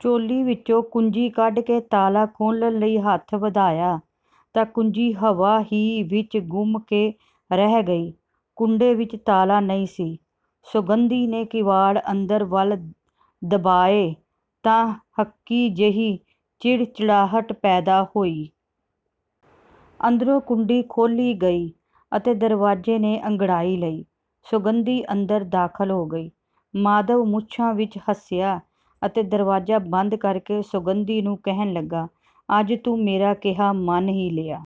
ਚੋਲੀ ਵਿੱਚੋਂ ਕੁੰਜੀ ਕੱਢ ਕੇ ਤਾਲਾ ਖੋਲ੍ਹਣ ਲਈ ਹੱਥ ਵਧਾਇਆ ਤਾਂ ਕੁੰਜੀ ਹਵਾ ਹੀ ਵਿੱਚ ਘੁੰਮ ਕੇ ਰਹਿ ਗਈ। ਕੁੰਡੇ ਵਿੱਚ ਤਾਲਾ ਨਹੀਂ ਸੀ। ਸੌਗੰਧੀ ਨੇ ਕਿਵਾੜ ਅੰਦਰ ਵੱਲ ਦਬਾਏ ਤਾਂ ਹਕੀ ਜਿਹੀ ਚਿੜਚਿੜਾਹਟ ਪੈਦਾ ਹੋਈ। ਅੰਦਰੋਂ ਕੁੰਡੀ ਖੋਲ੍ਹੀ ਗਈ ਅਤੇ ਦਰਵਾਜ਼ੇ ਨੇ ਅੰਗੜਾਈ ਲਈ, ਸੌਗੰਧੀ ਅੰਦਰ ਦਾਖ਼ਲ ਹੋ ਗਈ। ਮਾਧਵ ਮੁੱਛਾਂ ਵਿੱਚ ਹੱਸਿਆ ਅਤੇ ਦਰਵਾਜ਼ਾ ਬੰਦ ਕਰਕੇ ਸੌਗੰਧੀ ਨੂੰ ਕਹਿਣ ਲੱਗਾ, "ਅੱਜ ਤੂੰ ਮੇਰਾ ਕਿਹਾ ਮੰਨ ਹੀ ਲਿਆ।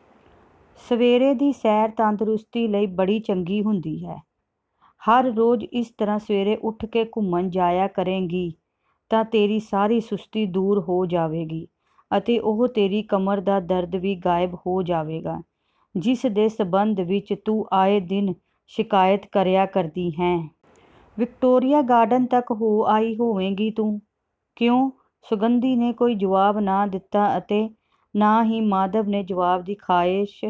ਸਵੇਰੇ ਦੀ ਸੈਰ ਤੰਦੁਰੁਸਤੀ ਲਈ ਬੜੀ ਚੰਗੀ ਹੁੰਦੀ ਹੈ। ਹਰ ਰੋਜ਼ ਇਸ ਤਰ੍ਹਾਂ ਸਵੇਰੇ ਉਠ ਕੇ ਘੁੰਮਣ ਜਾਇਆ ਕਰੇਗੀ ਤਾਂ ਤੇਰੀ ਸਾਰੀ ਸੁਸਤੀ ਦੂਰ ਹੋ ਜਾਵੇਗੀ ਅਤੇ ਉਹ ਤੇਰੀ ਕਮਰ ਦਾ ਦਰਦ ਵੀ ਗ਼ਾਇਬ ਹੋ ਜਾਵੇਗਾ, ਜਿਸਦੇ ਸੰਬੰਧ ਵਿੱਚ ਤੂੰ ਆਏ ਦਿਨ ਸ਼ਿਕਾਇਤ ਕਰਿਆ ਕਰਦੀ ਹੈਂ। ਵਿਕਟੋਰੀਆ ਗਾਰਡਨ ਤੱਕ ਹੋ ਆਈ ਹੋਵੇਂਗੀ ਤੂੰ, ਕਿਉਂ?" ਸੌਗੰਧੀ ਨੇ ਕੋਈ ਜਵਾਬ ਨਾ ਦਿੱਤਾ ਅਤੇ ਨਾ ਹੀ ਮਾਧਵ ਨੇ ਜਵਾਬ ਦੀ ਖ਼ਾਹਿਸ਼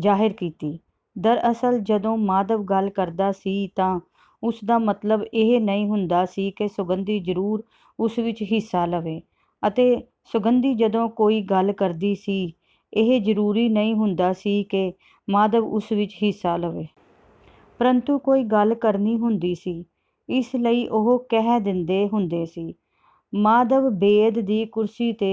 ਜ਼ਾਹਿਰ ਕੀਤੀ। ਦਰਅਸਲ, ਜਦੋਂ ਮਾਧਵ ਗੱਲ ਕਰਦਾ ਸੀ ਤਾਂ ਉਸਦਾ ਮਤਲਬ ਇਹ ਨਹੀਂ ਹੁੰਦਾ ਸੀ ਕਿ ਸੌਗੰਧੀ ਜ਼ਰੂਰ ਉਸ ਵਿੱਚ ਹਿੱਸਾ ਲਵੇ ਅਤੇ ਸੌਗੰਧੀ ਜਦੋਂ ਕੋਈ ਗੱਲ ਕਰਦੀ ਸੀ, ਇਹ ਜ਼ਰੂਰੀ ਨਹੀਂ ਹੁੰਦਾ ਸੀ ਕਿ ਮਾਧਵ ਉਸ ਵਿੱਚ ਹਿੱਸਾ ਲਵੇ। ਪ੍ਰੰਤੂ ਕੋਈ ਗੱਲ ਕਰਨੀ ਹੁੰਦੀ ਸੀ, ਇਸ ਲਈ ਉਹ ਕਹਿ ਦਿੰਦੇ ਹੁੰਦੇ ਸੀ। ਮਾਧਵ ਬੇਦ ਦੀ ਕੁਰਸੀ ਤੇ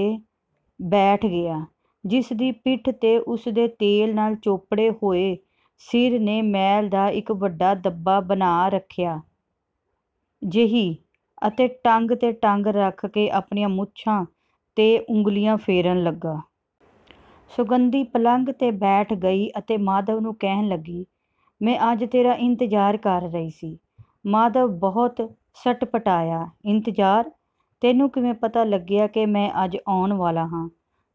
ਬੈਠ ਗਿਆ, ਜਿਸਦੀ ਪਿਠ ਤੇ ਉਸਦੇ ਤੇਲ ਨਾਲ਼ ਚੋਪੜੇ ਹੋਏ ਸਿਰ ਨੇ ਮੈਲ ਦਾ ਇੱਕ ਵੱਡਾ ਧੱਬਾ ਬਣਾ ਰੱਖਿਆ ਜਿਹੀ ਅਤੇ ਟੰਗ ਤੇ ਟੰਗ ਰੱਖ ਕੇ ਆਪਣੀਆਂ ਮੁੱਛਾਂ ਤੇ ਉਂਗਲੀਆਂ ਫੇਰਨ ਲਗਾ। ਸੌਗੰਧੀ ਪਲੰਗ ਤੇ ਬੈਠ ਗਈ ਅਤੇ ਮਾਧਵ ਨੂੰ ਕਹਿਣ ਲੱਗੀ, "ਮੈਂ ਅੱਜ ਤੇਰਾ ਇੰਤਜ਼ਾਰ ਕਰ ਰਹੀ ਸੀ।" ਮਾਧਵ ਬਹੁਤ ਸਟਪਟਾਇਆ, "ਇੰਤਜ਼ਾਰ? ਤੈਨੂੰ ਕਿਵੇਂ ਪਤਾ ਲੱਗਿਆ ਕਿ ਮੈਂ ਅੱਜ ਆਉਣ ਵਾਲਾ ਹਾਂ?"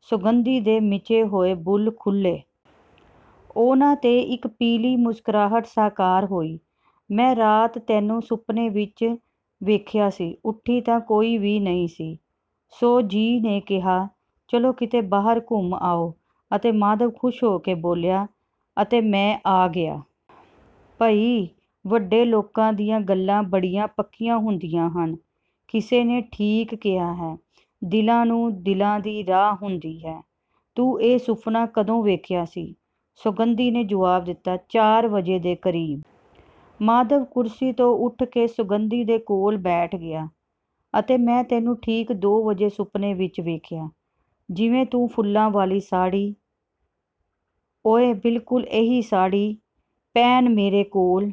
ਸੌਗੰਧੀ ਦੇ ਮਿਚੇ ਹੋਏ ਬੁੱਲ੍ਹ ਖੁੱਲੇ। ਉਨ੍ਹਾਂ ਤੇ ਇੱਕ ਪੀਲੀ ਮੁਸਕਰਾਹਟ ਸਾਕਾਰ ਹੋਈ, "ਮੈਂ ਰਾਤ ਤੈਨੂੰ ਸੁਪਨੇ ਵਿੱਚ ਵੇਖਿਆ ਸੀ। ਉੱਠੀ ਤਾਂ ਕੋਈ ਵੀ ਨਹੀਂ ਸੀ। ਸੋ ਜੀ ਨੇ ਕਿਹਾ, ਚਲੋ ਕਿਤੇ ਬਾਹਰ ਘੁੰਮ ਆਓ ਅਤੇ ਮਾਧਵ ਖ਼ੁਸ਼ ਹੋ ਕੇ ਬੋਲਿਆ, ਅਤੇ ਮੈਂ ਆ ਗਿਆ। ਭਈ, ਵੱਡੇ ਲੋਕਾਂ ਦੀਆਂ ਗੱਲਾਂ ਬੜੀਆਂ ਪੱਕੀਆਂ ਹੁੰਦੀਆਂ ਹਨ। ਕਿਸੇ ਨੇ ਠੀਕ ਕਿਹਾ ਹੈ, ਦਿਲਾਂ ਨੂੰ ਦਿਲਾਂ ਦੀ ਰਾਹ ਹੁੰਦੀ ਹੈ। ਤੂੰ ਇਹ ਸੁਫ਼ਨਾ ਕਦੋਂ ਵੇਖਿਆ ਸੀ?" ਸੌਗੰਧੀ ਨੇ ਜਵਾਬ ਦਿੱਤਾ, "ਚਾਰ ਵਜੇ ਦੇ ਕਰੀਬ।" ਮਾਧਵ ਕੁਰਸੀ ਤੋਂ ਉੱਠ ਕੇ ਸੌਗੰਧੀ ਦੇ ਕੋਲ ਬੈਠ ਗਿਆ, "ਅਤੇ ਮੈਂ ਤੈਨੂੰ ਠੀਕ ਦੋ ਵਜੇ ਸੁਪਨੇ ਵਿੱਚ ਵੇਖਿਆ। ਜਿਵੇਂ ਤੂੰ ਫੁੱਲਾਂ ਵਾਲੀ ਸਾੜ੍ਹੀ। ਓਏ, ਬਿਲਕੁਲ ਇਹੀ ਸਾੜ੍ਹੀ ਪਹਿਨ ਮੇਰੇ ਕੋਲ